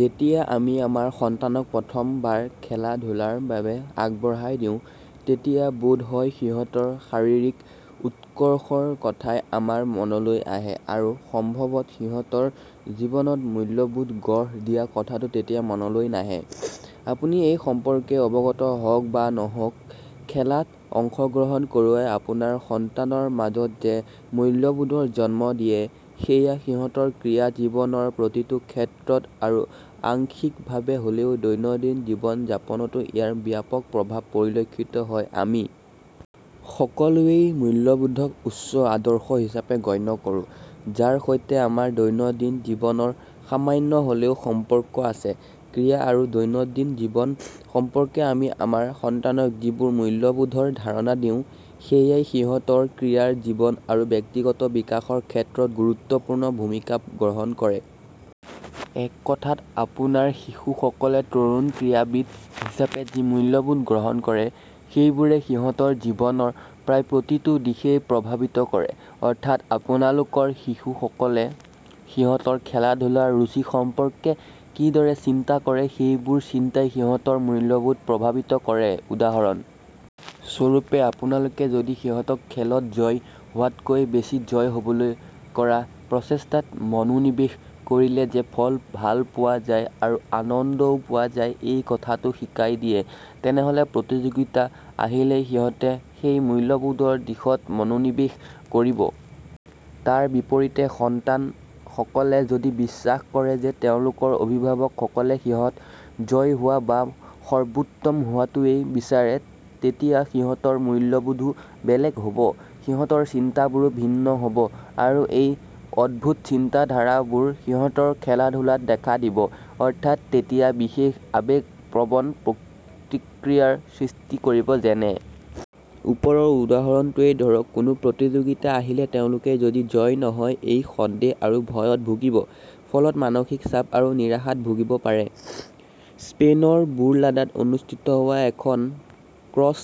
যেতিয়া আমি আমাৰ সন্তানক প্ৰথম বাৰ খেলা ধূলাৰ বাবে আগবঢ়াই দিওঁ, তেতিয়া বোধহয় সিহঁতৰ শাৰীৰিক উৎকৰ্ষৰ কথাই আমাৰ মনলৈ আহে আৰু সম্ভবতঃ সিহঁতৰ জীৱনত মূল্যবোধ গঢ় দিয়া কথাটো তেতিয়া মনলৈ নাহে। আপুনি এই সম্পৰ্কে অৱগত হওক বা নহওক খেলাত অংশগ্ৰহণ কৰোৱাই আপোনাৰ সন্তানৰ মাজত যে মূল্যবোধৰ জন্ম দিয়ে, সেয়া সিহঁতৰ ক্ৰীড়া জীৱনৰ প্ৰতিটো ক্ষেত্ৰত আৰু আংশিক ভাবে হ'লেও দৈনন্দিন জীৱন যাপনতো ইয়াৰ ব্যাপক প্ৰভাৱ পৰিলক্ষিত হয়। আমি সকলোৱেই মূল্যবোধক উচ্চ আদৰ্শ হিচাপে গণ্য কৰোঁ। যাৰ সৈতে আমাৰ দৈনন্দিন জীৱনৰ সামান্য হলেও সম্পৰ্ক আছে। ক্ৰীড়া আৰু দৈনন্দিন জীৱন সম্পৰ্কে আমি আমাৰ সন্তানক যিবোৰ মূল্যবোধৰ ধাৰণা দিওঁ, সেয়াই সিহঁতৰ ক্ৰীড়াৰ জীৱন আৰু ব্যক্তিগত বিকাশৰ ক্ষেত্ৰত গুৰুত্বপূৰ্ণ ভুমিকা গ্ৰহণ কৰে। এক কথাত আপোনাৰ শিশু সকলে তৰুণ ক্ৰীড়া বিদ হিচাপে যি মূল্যবোধ গ্ৰহণ কৰে, সেইবোৰে সিহঁতৰ জীৱনৰ প্ৰায় প্ৰতিটো দিশেই প্ৰভাবিত কৰে। অৰ্থাৎ আপোনালোকৰ শিশু সকলে সিহঁতৰ খেলাধূলাৰ ৰুচি সম্পৰ্কে কিদৰে চিন্তা কৰে সেইবোৰ চিন্তাই সিহঁতৰ মূল্যবোধ প্ৰভাবিত কৰে। উদাহৰণ স্বৰূপে আপোনালোকে যদি সিহঁতক খেলত জয়ী হোৱাতকৈ বেছি জয়ী হ'বলৈ কৰা প্ৰচেষ্টাত মনোনিবেশ কৰিলে যে ফল ভাল পোৱা যায় আৰু আনন্দও পোৱা যায়, এই কথাটো শিকাই দিয়ে, তেনেহলে প্ৰতিযোগিতা আহিলেই সিহঁতে সেই মূল্যবোধৰ দিশত মনোনিবেশ কৰিব। তাৰ বিপৰীতে সন্তান সকলে যদি বিশ্বাস কৰে যে তেওঁলোকৰ অভিভাৱক সকলে সিহঁত জয়ী হোৱা বা সৰ্ব্বোত্তম হোৱাটোৱেই বিচাৰে, তেতিয়া সিহঁতৰ মূল্যবোধও বেলেগে হ'ব। সিহঁতৰ চিন্তা বোৰো ভিন্ন হব। আৰু এই অদ্ভুত চিন্তা ধাৰা বোৰ সিহঁতৰ খেলাধূলাটো দেখা দিব অৰ্থাৎ তেতিয়া বিশেষ আবেগ প্ৰবন প্ৰতিক্ৰিয়াৰ সৃষ্টি কৰিব। যেনে ওপৰৰ উদাহৰণটোতেই ধৰক, কোনো প্ৰতিযোগিতা আহিলে তেওঁলোক যদি জয়ী নহয় এই সন্দেহ আৰু ভয়ত ভুগিব ফলত মানসিক চাপ আৰু নিৰাশাত ভুগিব পাৰে। স্পেইনৰ বুৰলাডাত অনুষ্ঠিত হোৱা এখন ক্ৰচ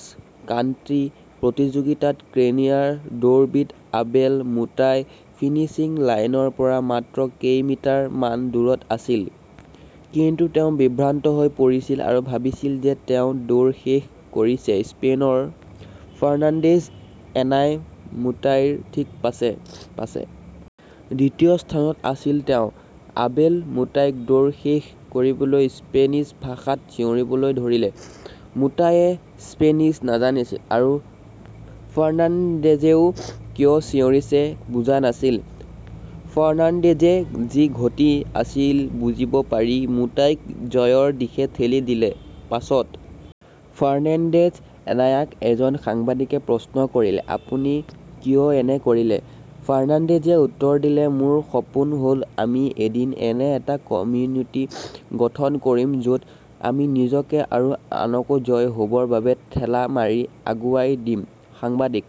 কান্ত্ৰি প্ৰতিযোগিতাত কেনিয়াৰ দৌৰবিদ আবেল মুতাই ফিনিশ্বিং লাইনৰ পৰা মাত্ৰ কেইমিটাৰ মান দূৰত আছিল, কিন্তু তেওঁ বিভ্ৰান্ত হৈ পৰিছিল আৰু ভাবিছিল যে তেওঁ দৌৰ শেষ কৰিছে স্পেইনৰ ফাৰ্নাণ্ডেজ এনায়া মুতাইৰ থিক পাছে পাছে। দ্বিতীয় স্হানত আছিল তেওঁ। আবেল মুতাইক দৌৰ শেষ কৰিবলৈ স্পেনিছ ভাষাত চিঞৰিব ধৰিলে। মুতাইয়ে স্পেনিছ নাজানিছিল আৰু ফাৰ্নাণ্ডেজে কিয় চিঞৰিছে বুজা নাছিল। ফাৰ্নান্দেজে‌ যি ঘটি আছিল বুজিব পাৰি মুতাইক জয়ৰ দিশে ঠেলি দিলে। পাছত ফাৰ্নান্দেজ এনায়াক এজন সাংবাদিকে প্ৰশ্ন কৰিলে, আপুনি কিয় এনে কৰিলে। ফাৰ্নাণ্ডেজে উত্তৰ দিলে মোৰ সপোন হ'ল আমি এদিন এনে এটা কমিউনিটি গঠন কৰিম য'ত আমি নিজকে আৰু আনকো জয়ী হ'বৰ বাবে ঠেলা মাৰি আগুৱাই দিম। সাংবাদিক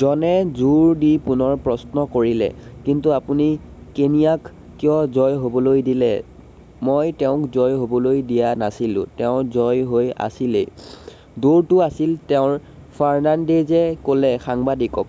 জনে জোৰ দি পুনৰ প্ৰশ্ন কৰিলে, কিন্তু আপুনি কেনিয়াক কিয় জয়ী হ'বলৈ দিলে? মই তেওঁক জয়ী হবলৈ দিয়া নাছিলো, তেওঁ জয়ী হৈ আছিলেই। দৌৰটো আছিল তেওঁৰ, ফাৰ্নাণ্ডেজে ক'লে সাংবাদিকক।